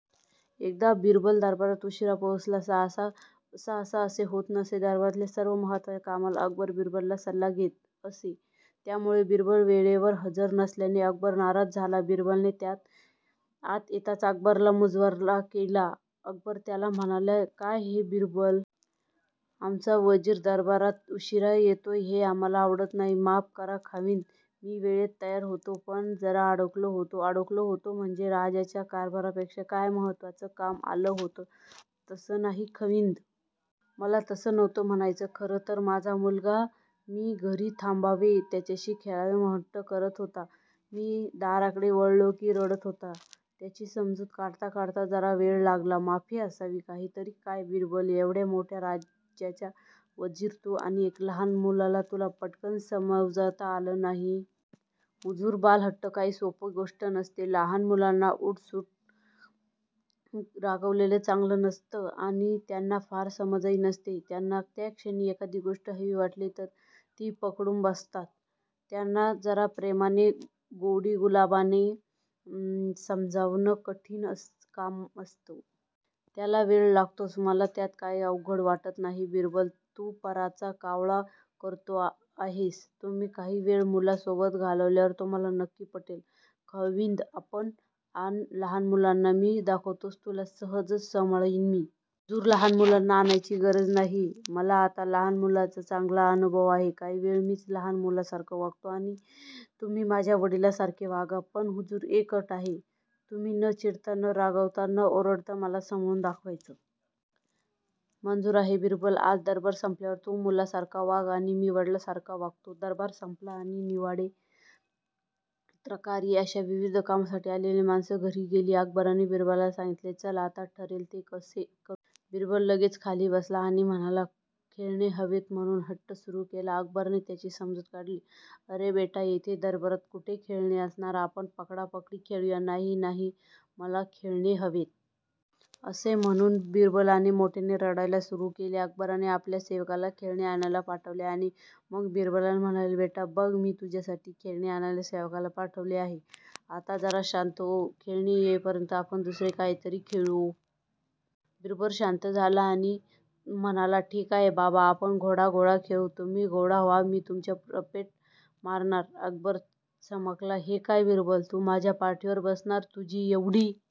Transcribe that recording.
एकदा बिरबल दरबारात उशिरा पोहोचला. सहसा असे होत नसे. दरबारातल्या सर्व महत्वाच्या कामात अकबर बिरबलाच्या सल्ला घेत असे. त्यामुळे बिरबल वेळेवर हजर नसल्याने अकबर नाराज होता. बिरबलाने आत येताच अकबराला मुजरा केला. अकबर त्याला म्हणाला, काय हे बिरबल? आमचा वजीरच दरबारात उशिरा येतोय हे आम्हाला आवडलं नाही. माफ करा खाविंद. मी वेळेत तयार होतो, पण जरा अडकलो होतो. अडकलो होतो म्हणजे, राज्याच्या कारभारापेक्षा काय महत्वाचं काम आलं होतं? तसं नाही खाविंद. मला तसं नव्हतं म्हणायचं. खरं तर माझा मुलगा मी घरीच थांबावे, त्याच्याशी खेळावे म्हणुन हट्ट करत होता. मी दाराकडे वळलो कि रडत होता. त्याची समजुत काढता काढता जरा वेळ लागला. माफी असावी. काहीतरीच काय बिरबल, एवढ्या मोठ्या राज्याचा वजीर तु आणि एका लहान मुलाला तुला पटकन समजावता येत नाही? हुजूर, बालहट्ट काही सोपी गोष्ट नसते. लहान मुलांना उठसूट रागावलेलं चांगलं नसतं आणि त्यांना फार समजही नसते. त्यांना त्याक्षणी एखादी गोष्ट हवी वाटली तर तीच पकडून बसतात. त्यांना जरा प्रेमाने, गोडीगुलाबीने समजावणं कठीण काम असतं. त्याला वेळ लागतोच. मला त्यात काही अवघड वाटत नाही बिरबल. तू पराचा कावळा करतो आहेस. तुम्ही काही वेळ मुलांसोबत घालवल्यावर तुम्हाला नक्की पटेल, खाविंद. आण लहान मुलांना. मी दाखवतोच तुला, सहज सांभाळीन मी. हुजूर, लहान मुलांना आणायची गरज नाही. मला आता लहान मुलांचा चांगलाच अनुभव आहे, काही वेळ मीच लहान मुलांसारखा वागतो आणि तुम्ही माझ्या वडिलांसारखे वागा. पण हुजूर, एक अट आहे. तुम्ही न चिडता, न रागावता, न ओरडता मला सांभाळून दाखवायचं. मंजुर आहे बिरबल, आज दरबार संपल्यावर तु मुलासारखा वाग आणि मी वडिलांसारखा वागतो. दरबार संपला आणि निवाडे, तक्रारी अशा विविध कामांसाठी आलेली माणसे घरी गेली. अकबराने बिरबलाला सांगितले चल आता ठरले तसे करूया. बिरबल लगेच खाली बसला आणि मला खेळणे हवेत म्हणुन हट्ट सुरु केला. अकबराने त्याची समजूत काढली, अरे बेटा, इथे दरबारात कुठे खेळणे असणार? आपण पकडा पकडी खेळूया का? नाही नाही, मला खेळणे हवेत. असे म्हणुन बिरबलाने मोठ्याने रडायला सुरु केले. अकबराने आपल्या सेवकाला खेळणे आणायला पाठवले. आणि मग बिरबलाला म्हणाला बेटा, बघ मी तुझ्यासाठी खेळणे आणायला सेवकाला पाठवले आहे. आता जरा शांत हो. खेळणे येईपर्यंत आपण दुसरे काहीतरी खेळू. बिरबल शांत झाला. आणि म्हणाला ठीक आहे बाबा, आपण घोडा घोडा खेळू. तुम्ही घोडा व्हा, मी तुमच्यावर रपेट मारणार. अकबर चमकला. हे काय बिरबल? तू माझ्या पाठीवर बसणार? तुझी एवढी